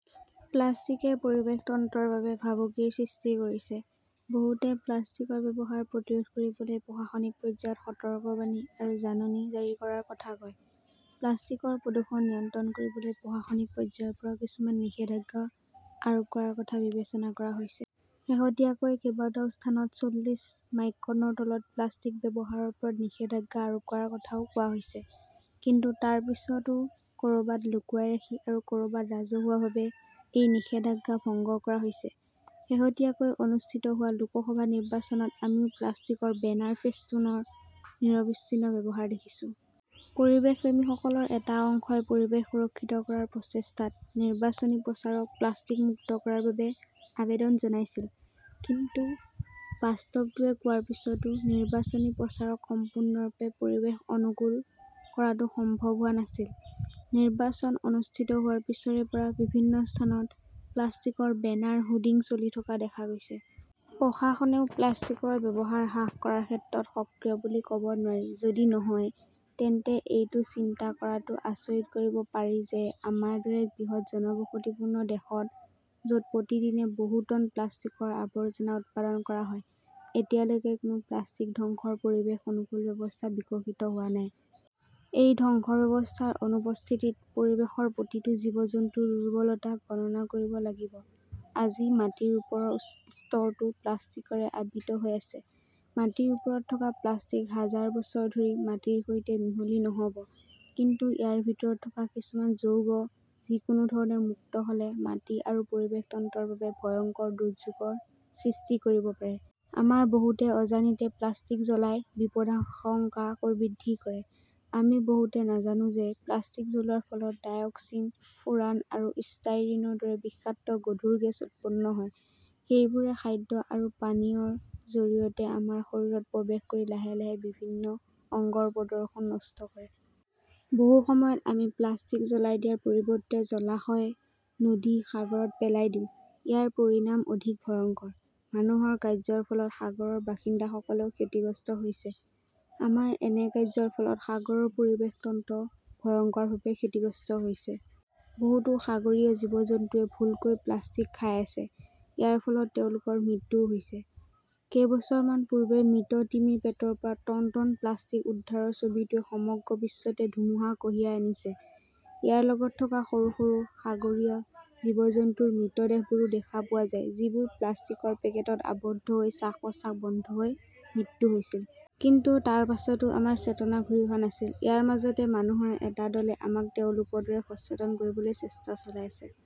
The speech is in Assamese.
প্লাষ্টিকে পৰিৱেশ তন্ত্ৰৰ বাবে ভাবুকিৰ সৃষ্টি কৰিছে। বহুতে প্লাষ্টিকৰ ব্যৱহাৰ প্ৰতিৰোধ কৰিবলৈ প্ৰশাসনিক পৰ্যায়ত সতৰ্কবাণী আৰু জাননী জাৰি কৰাৰ কথা কয়। প্লাষ্টিকৰ প্ৰদূষণ নিয়ন্ত্ৰণ কৰিবলৈ প্ৰশাসনিক পৰ্যায়ৰ পৰাও কিছুমান নিষেধাজ্ঞা আৰোপ কৰাৰ কথা বিবেচনা কৰা হৈছে। শেহতীয়াকৈ কেইবাটাও স্থানত চল্লিশ মাইক্ৰনৰ তলত প্লাষ্টিক ব্যৱহাৰৰ ওপৰত নিষেধাজ্ঞা আৰোপ কৰাৰ কথাও কোৱা হৈছে। কিন্তু তাৰ পিছতো ক'ৰবাত লুকুৱাই ৰাখি আৰু ক'ৰবাত ৰাজহুৱাভাৱে এই নিষেধাজ্ঞা ভংগ কৰা হৈছে। শেহতীয়াকৈ অনুষ্ঠিত হোৱা লোকসভা নিৰ্বাচনতও আমি প্লাষ্টিকৰ বেনাৰ ফেষ্টুনৰ নিৰবিচ্ছিন্ন ব্যৱহাৰ দেখিছো। পৰিৱেশ প্ৰেমীসকলৰ এটা অংশই পৰিৱেশ সুৰক্ষিত কৰাৰ প্ৰচেষ্টাত নিৰ্বাচনী প্ৰচাৰক 'প্লাষ্টিক মুক্ত "কৰাৰ বাবে আবেদন জনাইছিল। কিন্তু বাস্তৱটোৱে কোৱাৰ পিছতো নিৰ্বাচনী প্ৰচাৰক সম্পূৰ্ণৰূপে 'পৰিৱেশ অনুকূল' কৰাটো সম্ভৱ হোৱা নাছিল। নিৰ্বাচন অনুষ্ঠিত হোৱাৰ পিছৰে পৰা বিভিন্ন স্থানত প্লাষ্টিকৰ বেনাৰ হোৰ্ডিং চলি থকা দেখা গৈছে। প্ৰশাসনেও প্লাষ্টিকৰ ব্যৱহাৰ হ্ৰাস কৰাৰ ক্ষেত্ৰত সক্ৰিয় বুলি ক'ব নোৱাৰি। যদি নহয়, তেন্তে এইটো চিন্তা কৰাটো আচৰিত কৰিব পাৰি যে আমাৰ দৰে এক বৃহৎ জনবসতিপূৰ্ণ দেশত, য 'ত প্ৰতিদিনে বহু টন প্লাষ্টিকৰ আৱৰ্জনা উৎপাদন কৰা হয়, এতিয়ালৈকে কোনো প্লাষ্টিক ধ্বংসৰ পৰিৱেশ-অনুকূল ব্যৱস্থা বিকশিত হোৱা নাই। এই ধ্বংস ব্যৱস্থাৰ অনুপস্থিতিত পৰিৱেশৰ প্ৰতিটো জীৱ-জন্তুৰ দুৰ্বলতা গণনা কৰিব লাগিব। আজি মাটিৰ ওপৰৰ স্তৰটো প্লাষ্টিকৰে আবৃত হৈ আছে। মাটিৰ ওপৰত থকা প্লাষ্টিক হাজাৰ বছৰ ধৰি মাটিৰ সৈতে মিহলি নহ'ব। কিন্তু ইয়াৰ ভিতৰত থকা কিছুমান যৌগ যিকোনো ধৰণে মুক্ত হ'লে মাটি আৰু পৰিৱেশ তন্ত্ৰৰ বাবে ভয়ংকৰ দুৰ্যোগৰ সৃষ্টি কৰিব পাৰে। আমাৰ বহুতে অজানিতে প্লাষ্টিক জ্বলাই বিপদাশংকা বৃদ্ধি কৰে। আমি বহুতে নাজানো যে প্লাষ্টিক জ্বলোৱাৰ ফলত ডাইঅক্সিন, ফুৰান আৰু ষ্টাইৰিনৰ দৰে বিষাক্ত গধুৰ গেছ উৎপন্ন হয়। সেইবোৰে খাদ্য আৰু পানীয়ৰ জৰিয়তে আমাৰ শৰীৰত প্ৰৱেশ কৰি লাহে লাহে বিভিন্ন অংগৰ প্ৰদৰ্শন নষ্ট কৰে। বহু সময়ত আমি প্লাষ্টিক জ্বলাই দিয়াৰ পৰিৱৰ্তে জলাশয়, নদী, সাগৰত পেলাই দিওঁ। ইয়াৰ পৰিণাম অধিক ভয়ংকৰ। মানুহৰ কাৰ্যৰ ফলত সাগৰৰ বাসিন্দাসকলেও ক্ষতিগ্ৰস্ত হৈছে। আমাৰ এনে কাৰ্য্যৰ ফলত সাগৰৰ পৰিৱেশ তন্ত্ৰ ভয়ংকৰভাৱে ক্ষতিগ্ৰস্ত হৈছে। বহুতো সাগৰীয় জীৱ-জন্তুৱে ভুলকৈ প্লাষ্টিক খাই আছে। ইয়াৰ ফলত তেওঁলোকৰ মৃত্যুও হৈছে। কেইবছৰমান পূৰ্বে মৃত তিমিৰ পেটৰ পৰা টন টন প্লাষ্টিক উদ্ধাৰৰ ছবিটোৱে সমগ্ৰ বিশ্বতে ধুমুহা কঢ়িয়াই আনিছে। ইয়াৰ লগত থকা সৰু সৰু সাগৰীয় জীৱ-জন্তুৰ মৃতদেহবোৰো দেখা পোৱা যায় যিবোৰ প্লাষ্টিকৰ পেকেটত আবদ্ধ হৈ শ্বাস-প্ৰশ্বাস বন্ধ হৈ মৃত্যু হৈছিল। কিন্তু তাৰ পিছতো আমাৰ চেতনা ঘূৰি অহা নাছিল। ইয়াৰ মাজতে মানুহৰ এটা দলে আমাক তেওঁলোকৰ দৰে সচেতন কৰিবলৈ চেষ্টা চলাই আছে।